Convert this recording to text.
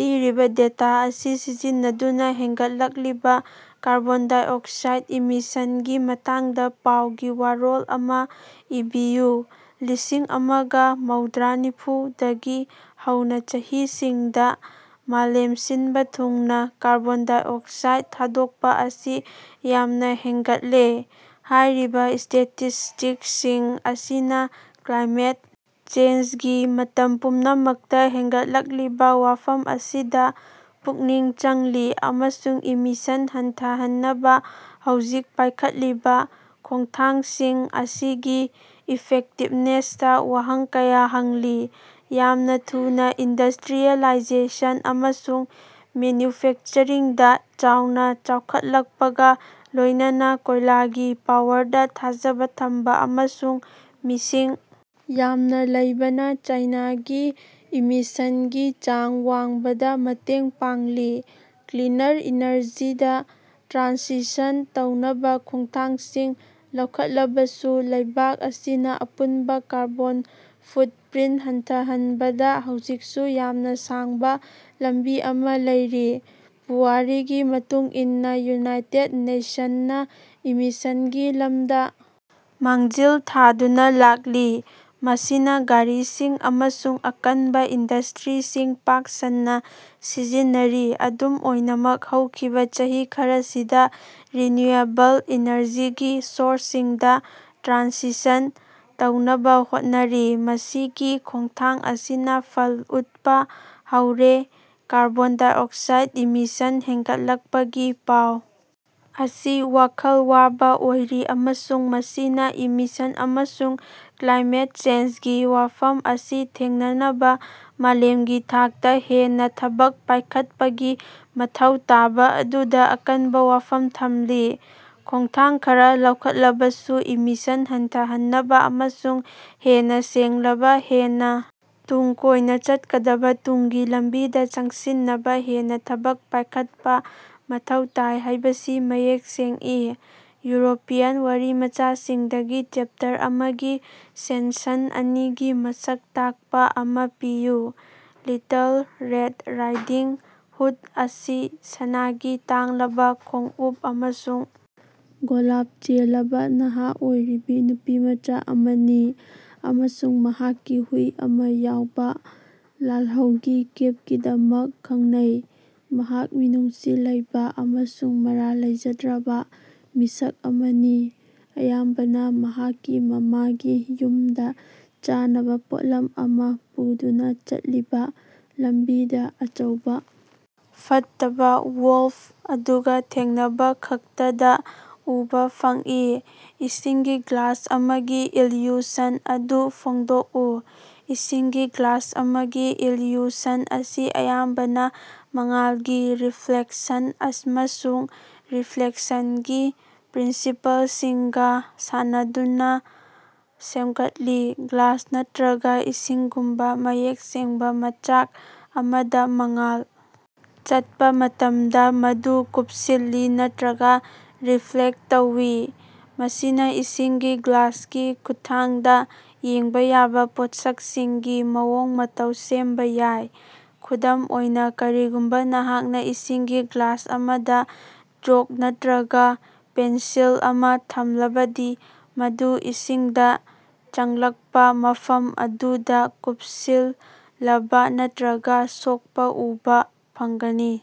ꯄꯤꯔꯤꯕ ꯗꯦꯇꯥ ꯑꯁꯤ ꯁꯤꯖꯤꯟꯅꯗꯨꯅ ꯍꯦꯟꯒꯠꯂꯛꯂꯤꯕ ꯀꯥꯔꯕ‌ꯣꯟ ꯗꯥꯏꯑꯣꯛꯁꯥꯏꯠ ꯏꯃꯤꯁꯟꯒꯤ ꯃꯇꯥꯡꯗ ꯄꯥꯎꯒꯤ ꯋꯥꯔꯣꯜ ꯑꯃꯥ ꯏꯕꯤꯌꯨ꯫ ꯂꯤꯁꯤꯡ ꯑꯃꯒ ꯃꯧꯗ꯭ꯔꯥ ꯅꯤꯐꯨ ꯗꯒꯤ ꯍꯧꯅ ꯆꯍꯤꯁꯤꯡꯗ ꯃꯥꯂꯦꯝ ꯁꯤꯟꯕ ꯊꯨꯡꯅ ꯀꯥꯔꯕ‌ꯣꯟ ꯗꯥꯏꯑꯣꯛꯁꯥꯏꯠ ꯊꯥꯗꯣꯛꯄ ꯑꯁꯤ ꯌꯥꯝꯅ ꯍꯦꯟꯒꯠꯂꯦ꯫ ꯍꯥꯏꯔꯤꯕ ꯁ꯭ꯇꯦꯇꯤꯁꯇꯤꯛꯁꯁꯤꯡ ꯑꯁꯤꯅ ꯀ꯭ꯂꯥꯏꯃꯦꯠ ꯆꯦꯟꯖꯒꯤ ꯃꯇꯝ ꯄꯨꯝꯅꯃꯛꯇ ꯍꯦꯟꯒꯠꯂꯛꯂꯤꯕ ꯋꯥꯐꯝ ꯑꯁꯤꯗ ꯄꯨꯛꯅꯤꯡ ꯆꯪꯂꯤ ꯑꯃꯁꯨꯡ ꯏꯃꯤꯁꯟ ꯍꯟꯊꯍꯟꯅꯕ ꯍꯧꯖꯤꯛ ꯄꯥꯏꯈꯠꯂꯤꯕ ꯈꯣꯡꯊꯥꯡꯁꯤꯡ ꯑꯁꯤꯒꯤ ꯏꯐꯦꯛꯇꯤꯕꯅꯦꯁꯇ ꯋꯥꯍꯪ ꯀꯌꯥ ꯍꯪꯂꯤ꯫ ꯌꯥꯝꯅ ꯊꯨꯅꯥ ꯏꯟꯗꯁꯇ꯭ꯔꯤꯌꯦꯂꯥꯏꯖꯦꯁꯟ ꯑꯃꯁꯨꯡ ꯃꯦꯅ꯭ꯌꯨꯐꯦꯛꯆꯔꯤꯡꯗ ꯆꯥꯎꯅ ꯆꯥꯎꯈꯠꯂꯛꯄꯒ ꯂꯣꯏꯅꯅ ꯀꯣꯏꯂꯥꯒꯤ ꯄꯥꯋꯔꯗ ꯊꯥꯖꯕ ꯊꯝꯕ ꯑꯃꯁꯨꯡ ꯃꯤꯁꯤꯡ ꯌꯥꯝꯅ ꯂꯩꯕꯅ ꯆꯥꯏꯅꯥꯒꯤ ꯏꯃꯤꯁꯟꯒꯤ ꯆꯥꯡ ꯋꯥꯡꯕꯗ ꯃꯇꯦꯡ ꯄꯥꯡꯂꯤ꯫ ꯀ꯭ꯂꯤꯅꯔ ꯏꯅꯔꯖꯤꯗ ꯇ꯭ꯔꯥꯟꯁꯤꯁꯟ ꯇꯧꯅꯕ ꯈꯣꯡꯊꯥꯡꯁꯤꯡ ꯂꯧꯈꯠꯂꯕꯁꯨ ꯂꯩꯕꯥꯛ ꯑꯁꯤꯅ ꯑꯄꯨꯟꯕ ꯀꯥꯔꯕꯣꯟ ꯐꯨꯠꯄ꯭ꯔꯤꯟ ꯍꯟꯊꯍꯟꯕꯗ ꯍꯧꯖꯤꯛꯁꯨ ꯌꯥꯝꯅ ꯁꯥꯡꯕ ꯂꯝꯕꯤ ꯑꯃꯥ ꯂꯩꯔꯤ꯫ ꯄꯨꯋꯥꯔꯤꯒꯤ ꯃꯇꯨꯡ ꯏꯟꯅ ꯌꯨꯅꯥꯏꯇ‌ꯦꯠ ꯅ‌ꯦꯁꯟꯅ ꯏꯃꯤꯁꯟꯒꯤ ꯂꯝꯗ ꯃꯥꯡꯖꯤꯜ ꯊꯥꯗꯨꯅ ꯂꯥꯛꯂꯤ ꯃꯁꯤꯅ ꯒꯥꯔꯤꯁꯤꯡ ꯑꯃꯁꯨꯡ ꯑꯀꯟꯕ ꯏꯟꯗꯁꯇ꯭ꯔꯤꯁꯤꯡ ꯄꯥꯛ ꯁꯟꯅ ꯁꯤꯖꯤꯟꯅꯔꯤ꯫ ꯑꯗꯨꯝ ꯑꯣꯏꯅꯃꯛ ꯍꯧꯈꯤꯕ ꯆꯍꯤ ꯈꯔꯁꯤꯗ ꯔꯤꯅ‍꯭ꯌꯨꯑꯦꯕꯜ ꯏꯅꯔꯖꯤꯒꯤ ꯁꯣꯔꯁꯁꯤꯡꯗ ꯇ꯭ꯔꯥꯟꯁꯤꯁꯟ ꯇꯧꯅꯕ ꯍꯣꯠꯅꯔꯤ ꯃꯁꯤꯒꯤ ꯈꯣꯡꯊꯥꯡ ꯑꯁꯤꯅ ꯐꯜ ꯎꯠꯄ ꯍꯧꯔꯦ꯫ ꯀꯥꯔꯕ‌ꯣꯟ ꯗꯥꯏꯑꯣꯛꯁꯥꯏꯠ ꯏꯃꯤꯁꯟ ꯍꯦꯟꯒꯠꯂꯛꯄꯒꯤ ꯄꯥꯎ ꯑꯁꯤ ꯋꯥꯈꯜ ꯋꯥꯕ ꯑꯣꯏꯔꯤ ꯑꯃꯁꯨꯡ ꯃꯁꯤꯅ ꯏꯃꯤꯁꯟ ꯑꯃꯁꯨꯡ ꯀ꯭ꯂꯥꯏꯃꯦꯠ ꯆꯦꯟꯖꯒꯤ ꯋꯥꯐꯝ ꯑꯁꯤ ꯊꯦꯡꯅꯅꯕ ꯃꯥꯂꯦꯝꯒꯤ ꯊꯥꯛꯇ ꯍꯦꯟꯅ ꯊꯕꯛ ꯄꯥꯏꯈꯠꯄꯒꯤ ꯃꯊꯧ ꯇꯥꯕ ꯑꯗꯨꯗ ꯑꯀꯟꯕ ꯋꯥꯐꯝ ꯊꯝꯂꯤ꯫ ꯈꯣꯡꯊꯥꯡ ꯈꯔ ꯂꯧꯈꯠꯂꯕꯁꯨ ꯏꯃꯤꯁꯟ ꯍꯟꯊꯍꯟꯅꯕ ꯑꯃꯁꯨꯡ ꯍꯦꯟꯅ ꯁꯦꯡꯂꯕ ꯍꯦꯟꯅ ꯇꯨꯡ ꯀꯣꯏꯅ ꯆꯠꯀꯗꯕ ꯇꯨꯡꯒꯤ ꯂꯝꯕꯤꯗ ꯆꯪꯁꯤꯟꯅꯕ ꯍꯦꯟꯅ ꯊꯕꯛ ꯄꯥꯏꯈꯠꯄ ꯃꯊꯧ ꯇꯥꯏ ꯍꯥꯏꯕꯁꯤ ꯃꯌꯦꯛ ꯁꯦꯡꯏ꯫ ꯌꯨꯔꯣꯄꯤꯌꯟ ꯋꯥꯔꯤꯃꯆꯥꯁꯤꯡꯗꯒꯤ ꯆ‌ꯦꯞꯇꯔ ꯑꯃꯒꯤ ꯁꯦꯟꯁꯟ ꯑꯅꯤꯒꯤ ꯃꯁꯛ ꯇꯥꯛꯄ ꯑꯃ ꯄꯤꯌꯨ꯫ ꯂꯤꯇꯜ ꯔꯦꯗ ꯔꯥꯏꯗꯤꯡ ꯍꯨꯗ ꯑꯁꯤ ꯁꯅꯥꯒꯤ ꯇꯥꯡꯂꯕ ꯈꯣꯡꯎꯞ ꯑꯃꯁꯨꯡ ꯒꯣꯂꯥꯞ ꯆꯦꯜꯂꯕ ꯅꯍꯥ ꯑꯣꯏꯔꯤꯕ ꯅꯨꯄꯤꯃꯆꯥ ꯑꯃꯅꯤ ꯑꯃꯁꯨꯡ ꯃꯍꯥꯛꯀꯤ ꯍꯨꯏ ꯑꯃ ꯌꯥꯎꯕ ꯂꯥꯜꯍꯧꯒꯤ ꯀꯦꯞꯀꯤꯗꯃꯛ ꯈꯪꯅꯩ꯫ ꯃꯍꯥꯛ ꯃꯤꯅꯨꯡꯁꯤ ꯂꯩꯕ ꯑꯃꯁꯨꯡ ꯃꯔꯥꯜ ꯂꯩꯖꯗ꯭ꯔꯕ ꯃꯤꯁꯛ ꯑꯃꯅꯤ, ꯑꯌꯥꯝꯕꯅ ꯃꯍꯥꯛꯀꯤ ꯃꯃꯥꯒꯤ ꯌꯨꯝꯗ ꯆꯥꯅꯕ ꯄꯣꯠꯂꯝ ꯑꯃ ꯄꯨꯗꯨꯅ ꯆꯠꯂꯤꯕ, ꯂꯝꯕꯤꯗ ꯑꯆꯧꯕ ꯐꯠꯇꯕ ꯋ‌ꯣꯜꯐ ꯑꯗꯨꯒ ꯊꯦꯡꯅꯕꯈꯛꯇꯗ ꯎꯕ ꯐꯪꯏ꯫ ꯏꯁꯤꯡꯒꯤ ꯒ꯭ꯂꯥꯁ ꯑꯃꯒꯤ ꯏꯜꯌꯨꯁꯟ ꯑꯗꯨ ꯐꯣꯡꯗꯣꯛꯎ꯫ ꯏꯁꯤꯡꯒꯤ ꯒ꯭ꯂꯥꯁ ꯑꯃꯒꯤ ꯏꯜꯌꯨꯁꯟ ꯑꯁꯤ ꯑꯌꯥꯝꯕꯅ ꯃꯉꯥꯜꯒꯤ ꯔꯤꯐ꯭ꯂꯦꯛꯁꯟ ꯑꯃꯁꯨꯡ ꯔꯤꯐ꯭ꯂ‌ꯦꯛꯁꯟꯒꯤ ꯄ꯭ꯔꯤꯟꯁꯤꯄꯜꯁꯤꯡꯒ ꯁꯥꯟꯅꯗꯨꯅ ꯁꯦꯝꯒꯠꯂꯤ꯫ ꯒ꯭ꯂꯥꯁ ꯅꯠꯇ꯭ꯔꯒ ꯏꯁꯤꯡꯒꯨꯝꯕ ꯃꯌꯦꯛ ꯁꯦꯡꯕ ꯃꯆꯥꯛ ꯑꯃꯗ ꯃꯉꯥꯜ ꯆꯠꯄ ꯃꯇꯝꯗ, ꯃꯗꯨ ꯀꯨꯞꯁꯤꯜꯂꯤ ꯅꯠꯇ꯭ꯔꯒ ꯔꯤꯐ꯭ꯂ‌ꯦꯛ ꯇꯧꯏ꯫ ꯃꯁꯤꯅ ꯏꯁꯤꯡꯒꯤ ꯒ꯭ꯂꯥꯁꯀꯤ ꯈꯨꯠꯊꯥꯡꯗ ꯌꯦꯡꯕ ꯌꯥꯕ ꯄꯣꯠꯁꯛꯁꯤꯡꯒꯤ ꯃꯑꯣꯡ-ꯃꯇꯧ ꯁꯦꯝꯕ ꯌꯥꯏ꯫ ꯈꯨꯗꯝ ꯑꯣꯏꯅ, ꯀꯔꯤꯒꯨꯝꯕ ꯅꯍꯥꯛꯅ ꯏꯁꯤꯡꯒꯤ ꯒ꯭ꯂꯥꯁ ꯑꯃꯗ ꯆ‌ꯣꯛ ꯅꯠꯇ꯭ꯔꯒ ꯄꯦꯟꯁꯤꯜ ꯑꯃ ꯊꯝꯂꯕꯗꯤ, ꯃꯗꯨ ꯏꯁꯤꯡꯗ ꯆꯪꯂꯛꯄ ꯃꯐꯝ ꯑꯗꯨꯗ ꯀꯨꯞꯁꯤꯜꯂꯕ ꯅꯠꯇ꯭ꯔꯒ ꯁꯣꯛꯄ ꯎꯕ ꯐꯪꯒꯅꯤ꯫